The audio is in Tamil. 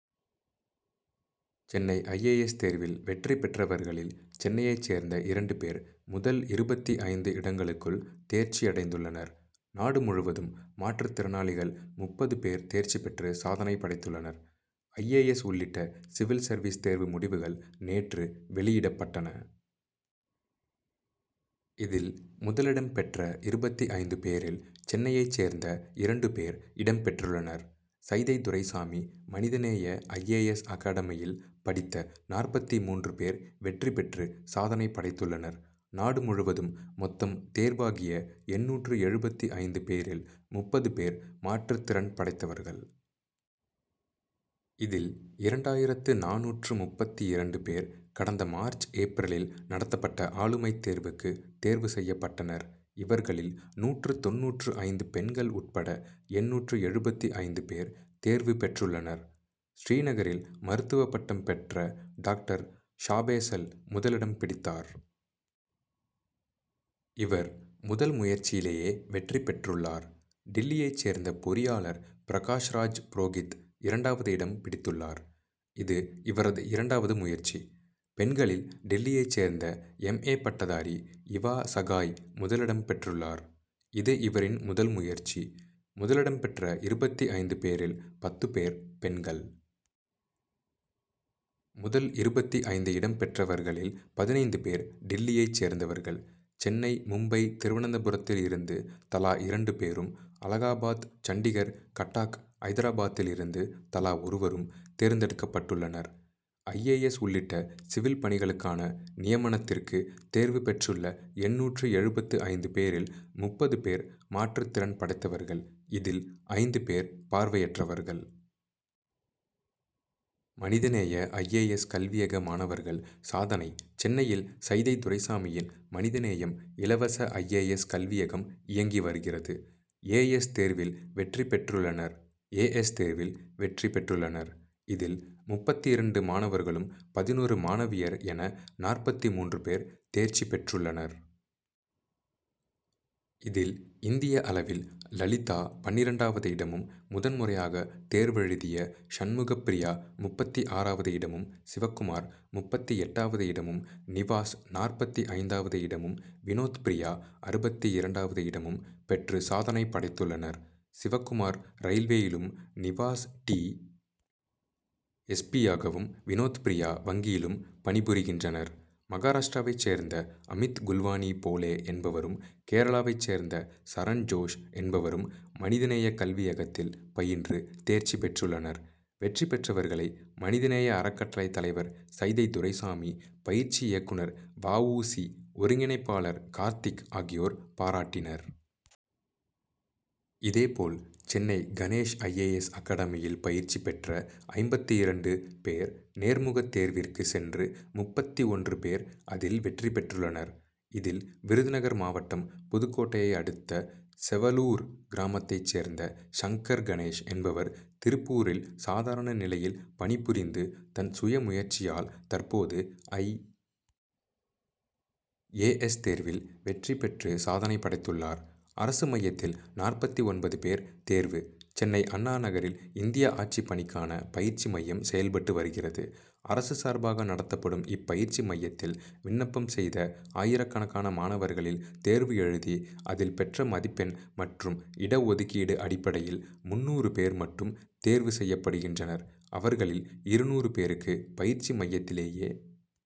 சென்னை ஐ. ஏ. எஸ். தேர்வில் வெற்றி பெற்றவர்களில் சென்னையைச் சேர்ந்த இரண்டு பேர் முதல் இருபத்தி ஐந்து இடங்களுக்குள் தேர்ச்சியடைந்துள்ளனர். நாடு முழுவதும் மாற்றுத் திறனாளிகள் முப்பது பேர் தேர்ச்சி பெற்று சாதனை படைத்துள்ளனர். ஐ. ஏ. எஸ். உள்ளிட்ட சிவில் சர்வீஸ் தேர்வு முடிவுகள் நேற்று வெளியிடப்பட்டன. இதில் முதலிடம் பெற்ற இருபத்தி ஐந்து பேரில் சென்னையைச் சேர்ந்த இரண்டு பேர் இடம் பெற்றுள்ளனர். சைதை துரைசாமி மனித நேய ஐ. ஏ. எஸ். அகடமியில் படித்த நாற்பத்தி மூன்று பேர் வெற்றி பெற்று சாதனை படைத்துள்ளனர். நாடு முழுவதும் மொத்தம் தேர்வாகிய எண்ணூற்று எழுபத்தி ஐந்து பேரில் முப்பது பேர் மாற்றுத்திறன் படைத்தவர்கள். இதில் இரண்டாயிரத்து நானூற்று முப்பத்தி இரண்டு பேர் கடந்த மார்ச் ஏப்ரலில் நடத்தப்பட்ட ஆளுமைத் தேர்வுக்கு தேர்வு செய்யப்பட்டனர். இவர்களில் நூற்று தொண்ணூற்று ஐந்து பெண்கள் உட்பட எண்ணூற்று எழுபத்தி ஐந்து பேர் தேர்வு பெற்றுள்ளனர். ஸ்ரீநகரில் மருத்துவ பட்டம் பெற்ற டாக்டர் ஷாபேசல் முதலிடம் பிடித்தார். இவர் முதல் முயற்சியிலேயே வெற்றி பெற்றுள்ளார். டில்லியைச் சேர்ந்த பொறியாளர் பிரகாஷ் ராஜ் புரோகித் இரண்டாவது இடம் பிடித்துள்ளார். இது இவரது இரண்டாவது முயற்சி. பெண்களில் டில்லியைச் சேர்ந்த எம். ஏ. பட்டதாரி இவா சகாய் முதலிடம் பெற்றுள்ளார். இது இவரின் முதல் முயற்சி. முதலிடம் பெற்ற இருபத்தி ஐந்து பேரில் பத்து பேர் பெண்கள். முதல் இருபத்தி ஐந்து இடம் பெற்றவர்களில் பதினைந்து பேர் டில்லியைச் சேர்ந்தவர்கள். சென்னை மும்பை திருவனந்தபுரத்தில் இருந்து தலா இரண்டு பேரும் அலகாபாத் சண்டிகர் கட்டாக் ஐதராபாத்தில் இருந்து தலா ஒருவரும் தேர்ந்தெடுக்கப்பட்டுள்ளனர். ஐ. ஏ. எஸ். உள்ளிட்ட சிவில் பணிகளுக்கான நியமனத்திற்கு தேர்வு பெற்றுள்ள எண்ணூற்று எழுபத்தி ஐந்து பேரில் முப்பது பேர் மாற்றுத்திறன் படைத்தவர்கள் இதில் ஐந்து பேர் பார்வையற்றவர்கள். மனித நேய ஐ. ஏ. எஸ். கல்வியக மாணவர்கள் சாதனை சென்னையில் சைதை துரைசாமியின் மனிதநேயம் இலவச ஐ. ஏ. எஸ். கல்வியகம் இயங்கி வருகிறது. ஏ. எஸ். தேர்வில் வெற்றி பெற்றுள்ளனர். ஏ. எஸ். தேர்வில் வெற்றி பெற்றுள்ளனர். இதில் முப்பத்தி இரண்டு மாணவர்களும் பதினொரு மாணவியர் என நாற்பத்தி மூன்று பேர் தேர்ச்சி பெற்றுள்ளனர். இதில் இந்திய அளவில் லலிதா பன்னிரண்டாவது இடமும் முதன் முறையாக தேர்வெழுதிய சண்முகப் பிரியா முப்பத்தி ஆறாவது இடமும் சிவகுமார் முப்பத்தி எட்டாவது இடமும் நிவாஸ் நாற்பத்தி ஐந்தாவது இடமும் வினோத்பிரியா அறுபத்தி இரண்டாவது இடமும் பெற்று சாதனை படைத்துள்ளனர். சிவகுமார் ரயில்வேயிலும் நிவாஸ் டி. எஸ். பி.யாகவும் வினோத்பிரியா வங்கியிலும் பணிபுரிகின்றனர். மகாராஷ்டிராவைச் சேர்ந்த அமித் குல்வானி போலே என்பவரும் கேரளாவைச் சேர்ந்த சரண் ஜோஸ் என்பவரும் மனித நேய கல்வியகத்தில் பயின்று தேர்ச்சி பெற்றுள்ளனர். வெற்றி பெற்றவர்களை மனித நேய அறக்கட்டளைத் தலைவர் சைதை துரைசாமி பயிற்சி இயக்குனர் வாவூசி ஒருங்கிணைப்பாளர் கார்த்திக் ஆகியோர் பாராட்டினர். இதே போல் Chennai Ganesh I. A. S. அகடமியில் பயிற்சி பெற்ற ஐம்பத்தி இரண்டு பேர் நேர்முகத் தேர்விற்கு சென்று முப்பத்தி ஒன்று பேர் அதில் வெற்றி பெற்றுள்ளனர். இதில் விருதுநகர் மாவட்டம் புதுக்கோட்டையை அடுத்த செவலூர் கிராமத்தைச் சேர்ந்த சங்கர் கணேஷ் என்பவர் திருப்பூரில் சாதாரண நிலையில் பணி புரிந்து தன் சுய முயற்சியால் தற்போது ஐ. ஏ. எஸ். தேர்வில் வெற்றி பெற்று சாதனை படைத்துள்ளார். அரசு மையத்தில் நாற்பத்தி ஒன்பது பேர் தேர்வு சென்னை அண்ணாநகரில் இந்திய ஆட்சிப் பணிக்கான பயிற்சி மையம் செயல்பட்டு வருகிறது. அரசு சார்பாக நடத்தப்படும் இப்பயிற்சி மையத்தில் விண்ணப்பம் செய்த ஆயிரக்கணக்கான மாணவர்களில் தேர்வு எழுதி அதில் பெற்ற மதிப்பெண் மற்றும் இட ஒதுக்கீடு அடிப்படையில் முந்நூறு பேர் மட்டும் தேர்வு செய்யப்படுகின்றனர். அவர்களில் இருநூறு பேருக்கு பயிற்சி மையத்திலேயே